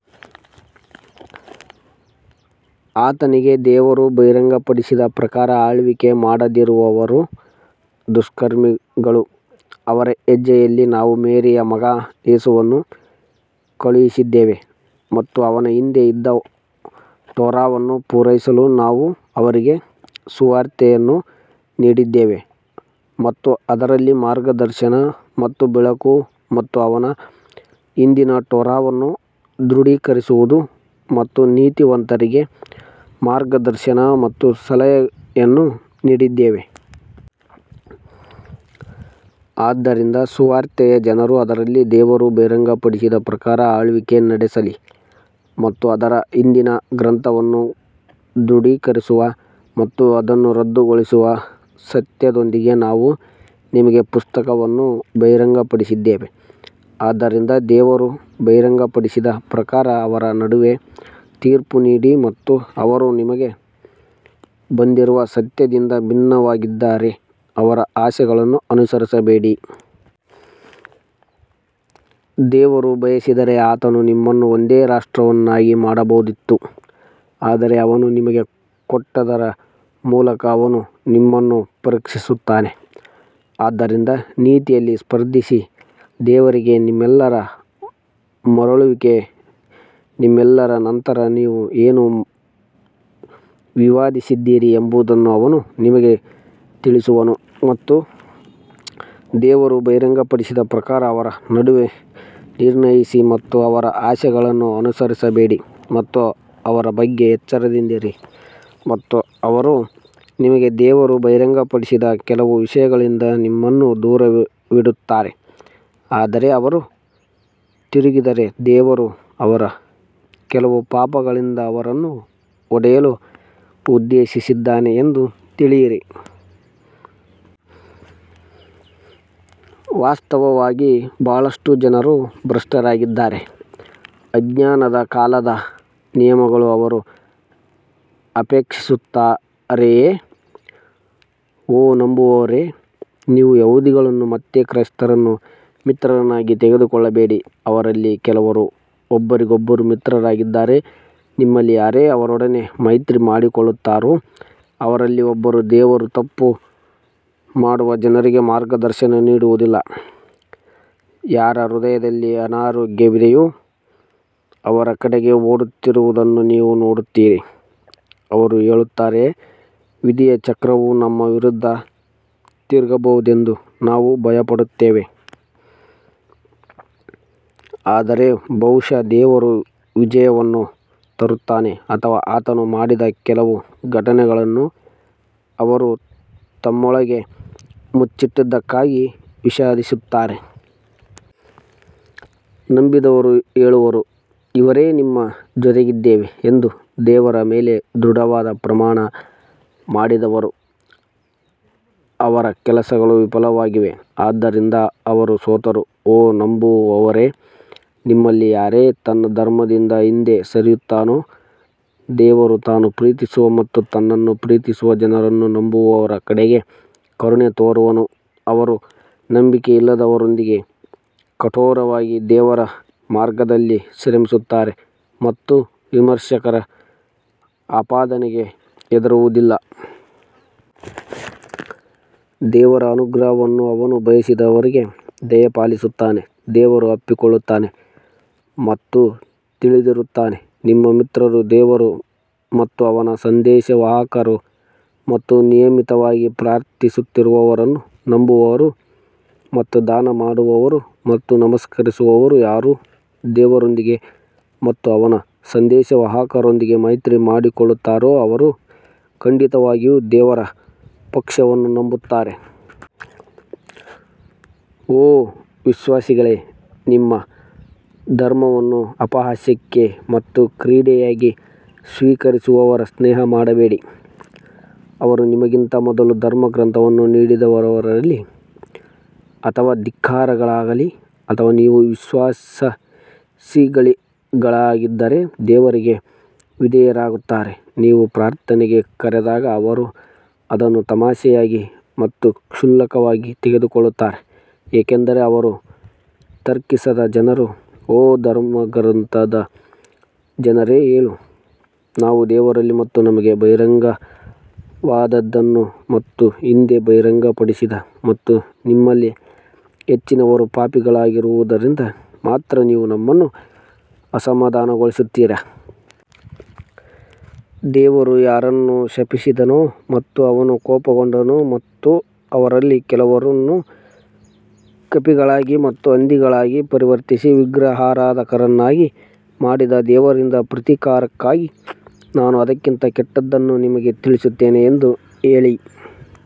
ಆತನಿಗೆ ದೇವರು ಬಹಿರಂಗಪಡಿಸಿದ ಪ್ರಕಾರ ಆಳ್ವಿಕೆ ಮಾಡದಿರುವವರು ದುಷ್ಕರ್ಮಿಗಳು ಅವರ ಹೆಜ್ಜೆಯಲ್ಲಿ ನಾವು ಮೇರಿಯ ಮಗ ಯೇಸುವನ್ನು ಕಳುಹಿಸಿದ್ದೇವೆ ಮತ್ತು ಅವನ ಹಿಂದೆ ಇದ್ದ ಟೋರಾವನ್ನು ಪೂರೈಸಲು ನಾವು ಅವರಿಗೆ ಸುವಾರ್ತೆಯನ್ನು ನೀಡಿದ್ದೇವೆ ಮತ್ತು ಅದರಲ್ಲಿ ಮಾರ್ಗದರ್ಶನ ಮತ್ತು ಬೆಳಕು ಮತ್ತು ಅವನ ಹಿಂದಿನ ಟೋರಾವನ್ನು ದೃಢೀಕರಿಸುವುದು ಮತ್ತು ನೀತಿವಂತರಿಗೆ ಮಾರ್ಗದರ್ಶನ ಮತ್ತು ಸಲಹೆಯನ್ನು ನೀಡಿದ್ದೇವೆ. ಆದ್ದರಿಂದ ಸುವಾರ್ತೆಯ ಜನರು ಅದರಲ್ಲಿ ದೇವರು ಬಹಿರಂಗಪಡಿಸಿದ ಪ್ರಕಾರ ಆಳ್ವಿಕೆ ನಡೆಸಲಿ ಮತ್ತು ಅದರ ಹಿಂದಿನ ಗ್ರಂಥವನ್ನು ದೃಢೀಕರಿಸುವ ಮತ್ತು ಅದನ್ನು ರದ್ದುಗೊಳಿಸುವ ಸತ್ಯದೊಂದಿಗೆ ನಾವು ನಿಮಗೆ ಪುಸ್ತಕವನ್ನು ಬಹಿರಂಗಪಡಿಸಿದ್ದೇವೆ ಆದ್ದರಿಂದ ದೇವರು ಬಹಿರಂಗಪಡಿಸಿದ ಪ್ರಕಾರ ಅವರ ನಡುವೆ ತೀರ್ಪು ನೀಡಿ ಮತ್ತು ಅವರು ನಿಮಗೆ ಬಂದಿರುವ ಸತ್ಯದಿಂದ ಭಿನ್ನವಾಗಿದ್ದರೆ ಅವರ ಆಸೆಗಳನ್ನು ಅನುಸರಿಸಬೇಡಿ. ದೇವರು ಬಯಸಿದ್ದರೆ ಆತನು ನಿಮ್ಮನ್ನು ಒಂದೇ ರಾಷ್ಟ್ರವನ್ನಾಗಿ ಮಾಡಬಹುದಿತ್ತು ಆದರೆ ಅವನು ನಿಮಗೆ ಕೊಟ್ಟದ್ದರ ಮೂಲಕ ಅವನು ನಿಮ್ಮನ್ನು ಪರೀಕ್ಷಿಸುತ್ತಾನೆ ಆದ್ದರಿಂದ ನೀತಿಯಲ್ಲಿ ಸ್ಪರ್ಧಿಸಿ ದೇವರಿಗೆ ನಿಮ್ಮೆಲ್ಲರ ಮರಳುವಿಕೆ ನಿಮ್ಮೆಲ್ಲರ ನಂತರ ನೀವು ಏನು ವಿವಾದಿಸಿದ್ದೀರಿ ಎಂಬುದನ್ನು ಅವನು ನಿಮಗೆ ತಿಳಿಸುವನು. ಮತ್ತು ದೇವರು ಬಹಿರಂಗಪಡಿಸಿದ ಪ್ರಕಾರ ಅವರ ನಡುವೆ ನಿರ್ಣಯಿಸಿ ಮತ್ತು ಅವರ ಆಸೆಗಳನ್ನು ಅನುಸರಿಸಬೇಡಿ ಮತ್ತು ಅವರ ಬಗ್ಗೆ ಎಚ್ಚರದಿಂದಿರಿ ಮತ್ತು ಅವರು ನಿಮಗೆ ದೇವರು ಬಹಿರಂಗಪಡಿಸಿದ ಕೆಲವು ವಿಷಯಗಳಿಂದ ನಿಮ್ಮನ್ನು ದೂರವಿಡುತ್ತಾರೆ ಆದರೆ ಅವರು ತಿರುಗಿದರೆ ದೇವರು ಅವರ ಕೆಲವು ಪಾಪಗಳಿಂದ ಅವರನ್ನು ಹೊಡೆಯಲು ಉದ್ದೇಶಿಸಿದ್ದಾನೆ ಎಂದು ತಿಳಿಯಿರಿ. ವಾಸ್ತವವಾಗಿ ಬಹಳಷ್ಟು ಜನರು ಭ್ರಷ್ಟರಾಗಿದ್ದಾರೆ ಅಜ್ಞಾನದ ಕಾಲದ ನಿಯಮಗಳು ಅವರು ಅಪೇಕ್ಷಿಸುತ್ತಾರೆಯೇ? ಓ ನಂಬುವವರೇ ನೀವು ಯಹೂದಿಗಳನ್ನು ಮತ್ತು ಕ್ರೈಸ್ತರನ್ನು ಮಿತ್ರರನ್ನಾಗಿ ತೆಗೆದುಕೊಳ್ಳಬೇಡಿ ಅವರಲ್ಲಿ ಕೆಲವರು ಒಬ್ಬರಿಗೊಬ್ಬರು ಮಿತ್ರರಾಗಿದ್ದಾರೆ ನಿಮ್ಮಲ್ಲಿ ಯಾರೇ ಅವರೊಡನೆ ಮೈತ್ರಿ ಮಾಡಿಕೊಳ್ಳುತ್ತಾರೋ ಅವರಲ್ಲಿ ಒಬ್ಬರು ದೇವರು ತಪ್ಪು ಮಾಡುವ ಜನರಿಗೆ ಮಾರ್ಗದರ್ಶನ ನೀಡುವುದಿಲ್ಲ ಯಾರ ಹೃದಯದಲ್ಲಿ ಅನಾರೋಗ್ಯವಿದೆಯೋ ಅವರ ಕಡೆಗೆ ಓಡುತ್ತಿರುವುದನ್ನು ನೀವು ನೋಡುತ್ತೀರಿ ಅವರು ಹೇಳುತ್ತಾರೆ, ವಿಧಿಯ ಚಕ್ರವು ನಮ್ಮ ವಿರುದ್ಧ ತಿರುಗಬಹುದೆಂದು ನಾವು ಭಯಪಡುತ್ತೇವೆ ಆದರೆ ಬಹುಶಃ ದೇವರು ವಿಜಯವನ್ನು ತರುತ್ತಾನೆ ಅಥವಾ ಆತನು ಮಾಡಿದ ಕೆಲವು ಘಟನೆಗಳನ್ನು ಅವರು ತಮ್ಮೊಳಗೆ ಮುಚ್ಚಿಟ್ಟದ್ದಕ್ಕಾಗಿ ವಿಷಾದಿಸುತ್ತಾರೆ. ನಂಬಿದವರು ಹೇಳುವರು ಇವರೇ ನಿಮ್ಮ ಜೊತೆಗಿದ್ದೇವೆ ಎಂದು ದೇವರ ಮೇಲೆ ದೃಢವಾದ ಪ್ರಮಾಣ ಮಾಡಿದವರು ಅವರ ಕೆಲಸಗಳು ವಿಫಲವಾಗಿವೆ ಆದ್ದರಿಂದ ಅವರು ಸೋತರು ಓ ನಂಬುವವರೇ, ನಿಮ್ಮಲ್ಲಿ ಯಾರೇ ತನ್ನ ಧರ್ಮದಿಂದ ಹಿಂದೆ ಸರಿಯುತ್ತಾನೋ, ದೇವರು ತಾನು ಪ್ರೀತಿಸುವ ಮತ್ತು ತನ್ನನ್ನು ಪ್ರೀತಿಸುವ ಜನರನ್ನು ನಂಬುವವರ ಕಡೆಗೆ ಕರುಣೆ ತೋರುವನು, ಅವರು ನಂಬಿಕೆಯಿಲ್ಲದವರೊಂದಿಗೆ ಕಠೋರವಾಗಿ ದೇವರ ಮಾರ್ಗದಲ್ಲಿ ಶ್ರಮಿಸುತ್ತಾರೆ ಮತ್ತು ವಿಮರ್ಶಕರ ಆಪಾದನೆಗೆ ಹೆದರುವುದಿಲ್ಲ. ದೇವರ ಅನುಗ್ರಹವನ್ನು ಅವನು ಬಯಸಿದವರಿಗೆ ದಯಪಾಲಿಸುತ್ತಾನೆ ದೇವರು ಅಪ್ಪಿಕೊಳ್ಳುತ್ತಾನೆ ಮತ್ತು ತಿಳಿದಿರುತ್ತಾನೆ ನಿಮ್ಮ ಮಿತ್ರರು ದೇವರು ಮತ್ತು ಅವನ ಸಂದೇಶವಾಹಕರು ಮತ್ತು ನಿಯಮಿತವಾಗಿ ಪ್ರಾರ್ಥಿಸುವವರನ್ನು ನಂಬುವವರು ಮತ್ತು ದಾನ ಮಾಡುವವರು ಮತ್ತು ನಮಸ್ಕರಿಸುವವರು ಯಾರು ದೇವರೊಂದಿಗೆ ಮತ್ತು ಅವನ ಸಂದೇಶವಾಹಕರೊಂದಿಗೆ ಮೈತ್ರಿ ಮಾಡಿಕೊಳ್ಳುತ್ತಾರೋ ಅವರು ಖಂಡಿತವಾಗಿಯೂ ದೇವರ ಪಕ್ಷವನ್ನು ನಂಬುತ್ತಾರೆ. ಓ ವಿಶ್ವಾಸಿಗಳೇ, ನಿಮ್ಮ ಧರ್ಮವನ್ನು ಅಪಹಾಸ್ಯಕ್ಕೆ ಮತ್ತು ಕ್ರೀಡೆಯಾಗಿ ಸ್ವೀಕರಿಸುವವರ ಸ್ನೇಹ ಮಾಡಬೇಡಿ, ಅವರು ನಿಮಗಿಂತ ಮೊದಲು ಧರ್ಮಗ್ರಂಥವನ್ನು ನೀಡಿದವರಲ್ಲಿರಲಿ ಅಥವಾ ಧಿಕ್ಕಾರಿಗಳಾಗಲಿ ಮತ್ತು ನೀವು ವಿಶ್ವಾಸಿಗಳಾಗಿದ್ದರೆ ದೇವರಿಗೆ ವಿಧೇಯರಾಗುತ್ತಾರೆ. ನೀವು ಪ್ರಾರ್ಥನೆಗೆ ಕರೆದಾಗ ಅವರು ಅದನ್ನು ತಮಾಷೆಯಾಗಿ ಮತ್ತು ಕ್ಷುಲ್ಲಕವಾಗಿ ತೆಗೆದುಕೊಳ್ಳುತ್ತಾರೆ ಏಕೆಂದರೆ ಅವರು ತರ್ಕಿಸದ ಜನರು ಓ ಧರ್ಮಗ್ರಂಥದ ಜನರೇ ಹೇಳು, ನಾವು ದೇವರಲ್ಲಿ ಮತ್ತು ನಮಗೆ ಬಹಿರಂಗವಾದದ್ದನ್ನು ಮತ್ತು ಹಿಂದೆ ಬಹಿರಂಗಪಡಿಸಿದ ಮತ್ತು ನಿಮ್ಮಲ್ಲಿ ಹೆಚ್ಚಿನವರು ಪಾಪಿಗಳಾಗಿರುವುದರಿಂದ ಮಾತ್ರ ನೀವು ನಮ್ಮನ್ನು ಅಸಮಾಧಾನಗೊಳಿಸುತ್ತೀರಾ? ದೇವರು ಯಾರನ್ನು ಶಪಿಸಿದನೋ ಮತ್ತು ಅವನು ಕೋಪಗೊಂಡನು ಮತ್ತು ಅವರಲ್ಲಿ ಕೆಲವರನ್ನು ಕಪಿಗಳಾಗಿ ಮತ್ತು ಹಂದಿಗಳಾಗಿ ಪರಿವರ್ತಿಸಿ ವಿಗ್ರಹಾರಾಧಕರನ್ನಾಗಿ ಮಾಡಿದ ದೇವರಿಂದ ಪ್ರತೀಕಾರಕ್ಕಾಗಿ ನಾನು ಅದಕ್ಕಿಂತ ಕೆಟ್ಟದ್ದನ್ನು ನಿಮಗೆ ತಿಳಿಸುತ್ತೇನೆ ಎಂದು ಹೇಳಿ.